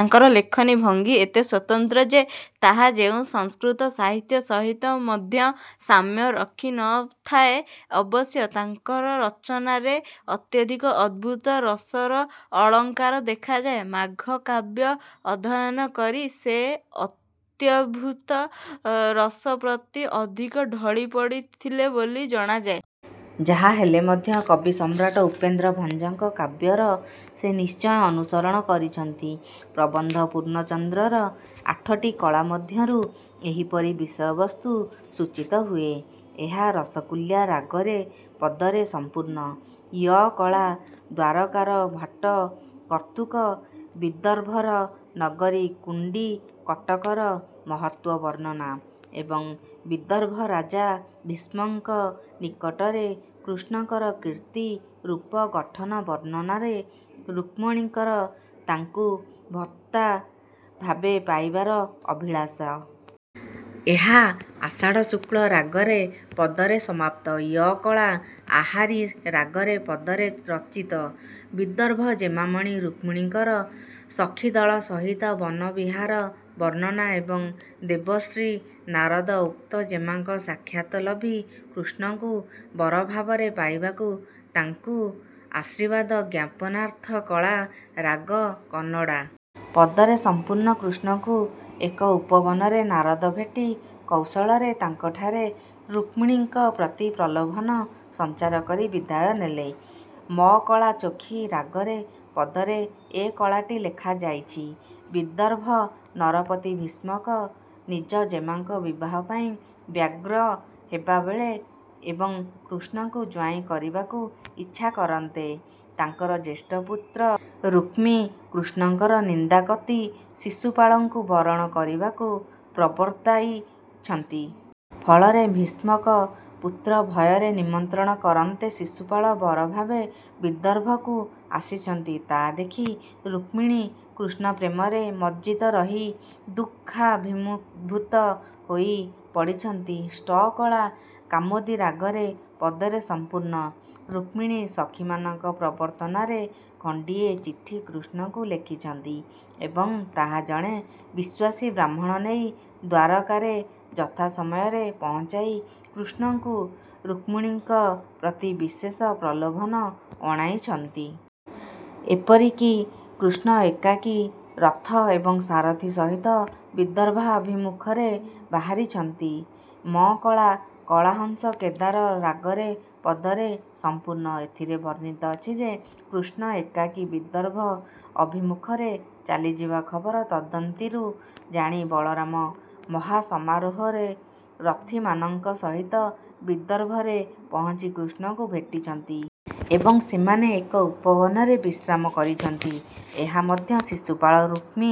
ତାଙ୍କର ଲେଖନୀ ଭଙ୍ଗି ଏତେ ସ୍ୱତନ୍ତ୍ର ଯେ ତାହା କେଉଁ ସଂସ୍କୃତ ସାହିତ୍ୟ ସହିତ ମଧ୍ୟ ସାମ୍ୟ ରଖି ନ ଥାଏ, ଅବଶ୍ୟ ତାଙ୍କ ରଚନାରେ ଅତ୍ୟଧିକ ଅଦ୍ଭୁତ ରସର ଅଳଙ୍କାର ଦେଖାଯାଏ, ମାଘ କାବ୍ୟ ଅଧ୍ୟୟନ କରି ସେ ଅତ୍ୟଦ୍ଭୁତ ରସ ପ୍ରତି ଅଧିକ ଢଳି ପଡ଼ିଥିଲେ ବୋଲି ଜଣାଯାଏ। ଯାହାହେଲେ ମଧ୍ୟ କବିସମ୍ରାଟ ଉପେନ୍ଦ୍ର ଭଞ୍ଜଙ୍କ କାବ୍ୟର ସେ ନିଶ୍ଚୟ ଅନୁସରଣ କରିଛନ୍ତି। ପ୍ରବନ୍ଧ ପୂର୍ଣ୍ଣଚନ୍ଦ୍ରର ଆଠଟି କଳା ମଧ୍ୟରୁ ଏହିପରି ବିଷୟବସ୍ତୁ ସୂଚିତ ହୁଏ। ଏହା ରସକୁଲ୍ୟା ରାଗରେ ପଦରେ ସଂପୂର୍ଣ୍ଣ। ୟ କଳା-ଦ୍ୱାରକାର ଭାଟ କର୍ତ୍ତୃକ ବିଦର୍ଭର ନଗରୀ କୁଣ୍ଡିକଟକର ମହତ୍ତ୍ୱ ବର୍ଣ୍ଣନା ଏବଂ ବିଦର୍ଭ ରାଜା ଭୀଷ୍ମକଙ୍କ ନିକଟରେ କୃଷ୍ଣଙ୍କର କୀର୍ତ୍ତି, ରୂପ, ଗଠନ ବର୍ଣ୍ଣନାରେ ରୁକ୍ମଣୀଙ୍କର ତାଙ୍କୁ ଭର୍ତ୍ତା ଭାବେ ପାଇବାର ଅଭିଳାଷ। ଏହା ଆଷାଢ଼ ଶୁକ୍ଲ ରାଗରେ ପଦରେ ସମାପ୍ତ। ୟ କଳା-ଆହାରି ରାଗରେ ପଦରେ ରଚିତ। ବିଦର୍ଭ ଜେମାମଣି ରୁକ୍ମିଣୀଙ୍କର ସଖିଦଳ ସହିତ ବନ ବିହାର ବର୍ଣ୍ଣନା ଏବଂ ଦେବର୍ଷି ନାରଦ ଉକ୍ତ ଜେମାଙ୍କ ସାକ୍ଷାତ ଲଭି କୃଷ୍ଣଙ୍କୁ ବରଭାବରେ ପାଇବାକୁ ତାଙ୍କୁ ଆଶୀର୍ବାଦ ଜ୍ଞାପନ। ର୍ଥ କଳା-ରାଗ କନଡ଼ା। ପଦରେ। ସଂପୂର୍ଣ୍ଣ। କୃଷ୍ଣଙ୍କୁ ଏକ ଉପବନରେ ନାରଦ ଭେଟି, କୌଶଳରେ ତାଙ୍କଠାରେ ରୁକ୍ମିଣୀଙ୍କ ପ୍ରତି ପ୍ରଲୋଭନ ସଂଚାର କରି ବିଦାୟ ନେଲେ। ମ କଳା-ଚୋଖୀ ରାଗରେ ପଦରେ ଏ କଳାଟି ଲେଖାଯାଇଛି। -ବିଦର୍ଭ ନରପତି ଭୀଷ୍ମକ ନିଜଜେମାଙ୍କ ବିବାହ ପାଇଁ ବ୍ୟଗ୍ର ହେବା ବେଳେ ଏବଂ କୃଷ୍ଣଙ୍କୁ ଜ୍ୱାଇଁ କରିବାକୁ ଇଚ୍ଛା କରନ୍ତେ ତାଙ୍କର ଜ୍ୟେଷ୍ଠପୁତ୍ର ରୁକ୍ମୀ କୃଷ୍ଣଙ୍କର ନିନ୍ଦାକତି ଶିଶୁପାଳଙ୍କୁ ବରଣ କରିବାକୁ ପ୍ରବର୍ତ୍ତାଇଛନ୍ତି। ଫଳରେ ଭୀଷ୍ମକ ପୁତ୍ର ଭୟରେ ନିମନ୍ତ୍ରଣ କରନ୍ତେ ଶିଶୁପାଳ ବରଭାବେ ବିଦର୍ଭକୁ ଆସିଛନ୍ତି। ତା ଦେଖି ରୁକ୍ମିଣୀ କୃଷ୍ଣ ପ୍ରେମରେ ମଜ୍ଜିତ ରହି ଦୁଃଖାଭିଭୂତ ହୋଇ ପଡ଼ିଛନ୍ତି-। ଷ୍ଠ କଳା- କାମୋଦି ରାଗରେ ପଦରେ ସଂପୂର୍ଣ୍ଣ। - ରୁକ୍ମିଣୀ ସଖିମାନଙ୍କ ପ୍ରବର୍ତ୍ତନାରେ ଖଣ୍ଡିଏ ଚିଠି କୃଷ୍ଣଙ୍କୁ ଲେଖିଛନ୍ତି ଏବଂ ତାହା ଜଣେ ବିଶ୍ୱାସୀ ବ୍ରାହ୍ମଣ ନେଇ ଦ୍ୱାରକାରେ ଯଥା ସମୟରେ ପହଞ୍ଚାଇ, କୃଷ୍ଣଙ୍କୁ ରୁକ୍ମିଣୀଙ୍କ ପ୍ରତି ବିଶେଷ ପ୍ରଲୋଭନ ଅଣାଇଛନ୍ତି। ଏପରିକି କୃଷ୍ଣ ଏକାକୀ ରଥ ଏବଂ ସାରଥୀ ସହିତ ବିଦର୍ଭାଭିମୁଖରେ ବାହାରିଛନ୍ତି। ମ କଳା-କଳହଂସକେଦାର ରାଗରେ ପଦରେ ସଂପୂର୍ଣ୍ଣ। ଏଥିରେ ବର୍ଣ୍ଣିତ ଅଛି ଯେ କୃଷ୍ଣ ଏକାକୀ ବିଦର୍ଭ ଅଭିମୁଖରେ ଚାଲିଯିବା ଖବର ତଦନ୍ତିରୁ ଜାଣି, ବଳରାମ ମହାସମାରୋହରେ ରଥିମାନଙ୍କ ସହିତ ବିଦର୍ଭରେ ପହଞ୍ଚି କୃଷ୍ଣଙ୍କୁ ଭେଟିଛନ୍ତି। ଏବଂ ସେମାନେ ଏକ ଉପବନରେ ବିଶ୍ରାମ କରିଛନ୍ତି। ଏହା ମଧ୍ୟ ଶିଶୁପାଳ, ରୁକ୍ମୀ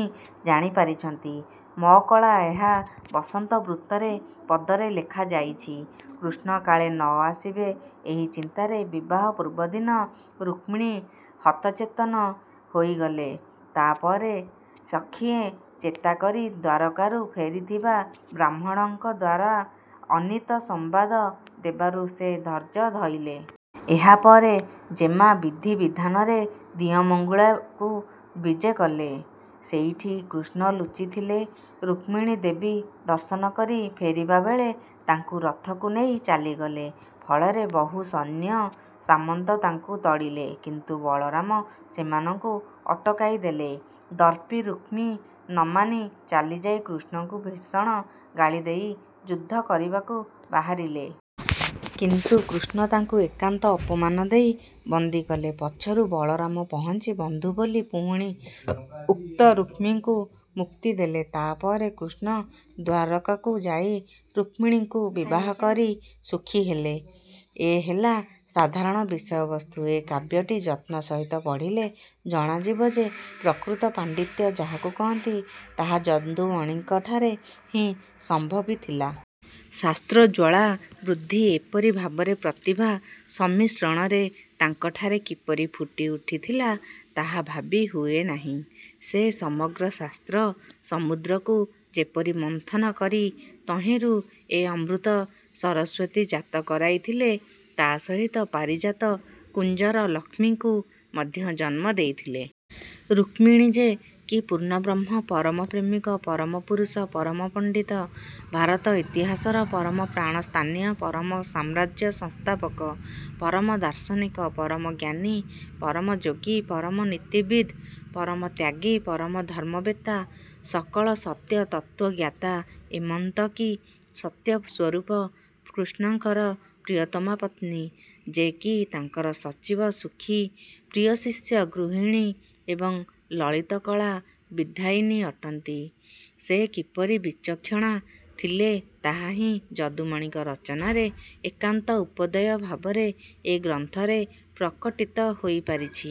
ଜାଣିପାରିଛନ୍ତି। ମ କଳା-ଏହା ବସନ୍ତ ବୃତ୍ତରେ ପଦରେ ଲେଖାଯାଇଛି। -କୃଷ୍ଣ କାଳେ ନ ଆସିବେ ଏହି ଚିନ୍ତାରେ ବିବାହ ପୂର୍ବଦିନ ରୁକ୍ମିଣୀ ହତଚେତନ ହୋଇଗଲେ। ତା ପରେ ସଖିଏ ଚେତାକରି ଦ୍ୱାରକାରୁ ଫେରିଥିବା ବ୍ରାହ୍ମଣଙ୍କଦ୍ୱାରା ଆନୀତ ସମ୍ବାଦ ଦେବାରୁ ସେ ଧୈର୍ଯ୍ୟ ଧଇଲେ। ଏହାପରେ ଜେମା ବିଧି ବିଧାନରେ ଦିଅଁ ମଙ୍ଗୁଳାକୁ ବିଜେକଲେ। ସେଇଠି କୃଷ୍ଣ ଲୁଚିଥିଲେ। ରୁକ୍ମିଣୀ ଦେବୀ ଦର୍ଶନ କରି ଫେରିବା ବେଳେ ତାଙ୍କୁ ରଥକୁ ନେଇ ଚାଲିଗଲେ। ଫଳରେ ବହୁ ସୈନ୍ୟ ସାମନ୍ତ ତାଙ୍କୁ ତଡ଼ିଲେ। କିନ୍ତୁ ବଳରାମ ସେମାନଙ୍କୁ ଅଟକାଇ ଦେଲେ। ଦର୍ପି ରୁକ୍ମୀ ନମାନି ଚାଲିଯାଇ କୃଷ୍ଣଙ୍କୁ ଭୀଷଣ ଗାଳିଦେଇ ଯୁଦ୍ଧ କରିବାକୁ ବାହାରିଲେ। କିନ୍ତୁ କୃଷ୍ଣ ତାଙ୍କୁ ଏକାନ୍ତ ଅପମାନ ଦେଇ ବନ୍ଦିକଲେ। ପଛରୁ ବଳରାମ ପହଞ୍ଚି ବନ୍ଧୁ ବୋଲି ପୁଣି ଉକ୍ତ ରୁକ୍ମୀଙ୍କୁ ମୁକ୍ତିଦେଲେ। ତା ପରେ କୃଷ୍ଣ ଦ୍ୱାରକାକୁ ଯାଇ ରୁକ୍ମିଣୀଙ୍କୁ ବିବାହ କରି ସୁଖୀ ହେଲେ। ଏ ହେଲା ସାଧାରଣ ବିଷୟ ବସ୍ତୁ। ଏ କାବ୍ୟଟି ଯତ୍ନ ସହିତ ପଢ଼ିଲେ ଜଣାଯିବ ଯେ ପ୍ରକୃତ ପାଣ୍ଡିତ୍ୟ ଯାହାକୁ କହନ୍ତି, ତାହା ଯଦୁମଣିଙ୍କଠାରେ ହିଁ ସମ୍ଭବିଥିଲା। ଶାସ୍ତ୍ରୋଜ୍ୱଳା ବୁଦ୍ଧି ଏପରି ଭାବରେ ପ୍ରତିଭା ସମ୍ମିଶ୍ରଣରେ ତାଙ୍କଠାରେ କିପରି ଫୁଟି ଉଠିଥିଲା, ତାହା ଭାବି ହୁଏନାହିଁ। ସେ ସମଗ୍ର ଶାସ୍ତ୍ର - ସମୁଦ୍ରକୁ ଯେପରି ମନ୍ଥନ କରି ତହିଁରୁ ଏ ଅମୃତ ସରସ୍ୱତୀ ଜାତ କରାଇ ଥିଲେ, ତା ସହିତ ପାରିଜାତ କୁଞ୍ଜର ଲକ୍ଷ୍ମୀଙ୍କୁ ମଧ୍ୟ ଜନ୍ମ ଦେଇଥିଲେ। ରୁକ୍ମିଣୀ ଯେ କି ପୂର୍ଣ୍ଣବ୍ରହ୍ମ, ପରମପ୍ରେମିକ, ପରମ ପୁରୁଷ, ପରମ ପଣ୍ଡିତ, ଭାରତ ଇତିହାସର ପରମ ପ୍ରାଣସ୍ଥାନୀୟ, ପରମ ସାମ୍ରାଜ୍ୟ ସଂସ୍ଥାପକ, ପରମ ଦାର୍ଶନିକ, ପରମ ଜ୍ଞାନୀ, ପରମ ଯୋଗୀ, ପରମ ନୀତିବିଦ୍, ପରମ ତ୍ୟାଗୀ, ପରମ ଧର୍ମ୍ମବେତ୍ତା, ସକଳ ସତ୍ୟତତ୍ତ୍ୱଜ୍ଞାତା ଏମନ୍ତକି ସତ୍ୟ ସ୍ୱରୁପ କୃଷ୍ଣଙ୍କର ପ୍ରିୟତମା ପତ୍ନୀ, ଯେ କି ତାଙ୍କର ସଚୀବ, ସଖୀ ପ୍ରିୟଶିଷ୍ୟା, ଗୃହିଣୀ ଏବଂ ଲଳିତକଳା ବିଧାୟିନୀ ଅଟନ୍ତି, ସେ କିପରି ବିଚକ୍ଷଣା ଥିଲେ, ତାହା ହିଁ ଯଦୁମଣିଙ୍କ ରଚନାରେ ଏକାନ୍ତ ଉପାଦେୟ ଭାବରେ ଏ ଗ୍ରନ୍ଥରେ ପ୍ରକଟିତ ହୋଇ ପାରିଛି।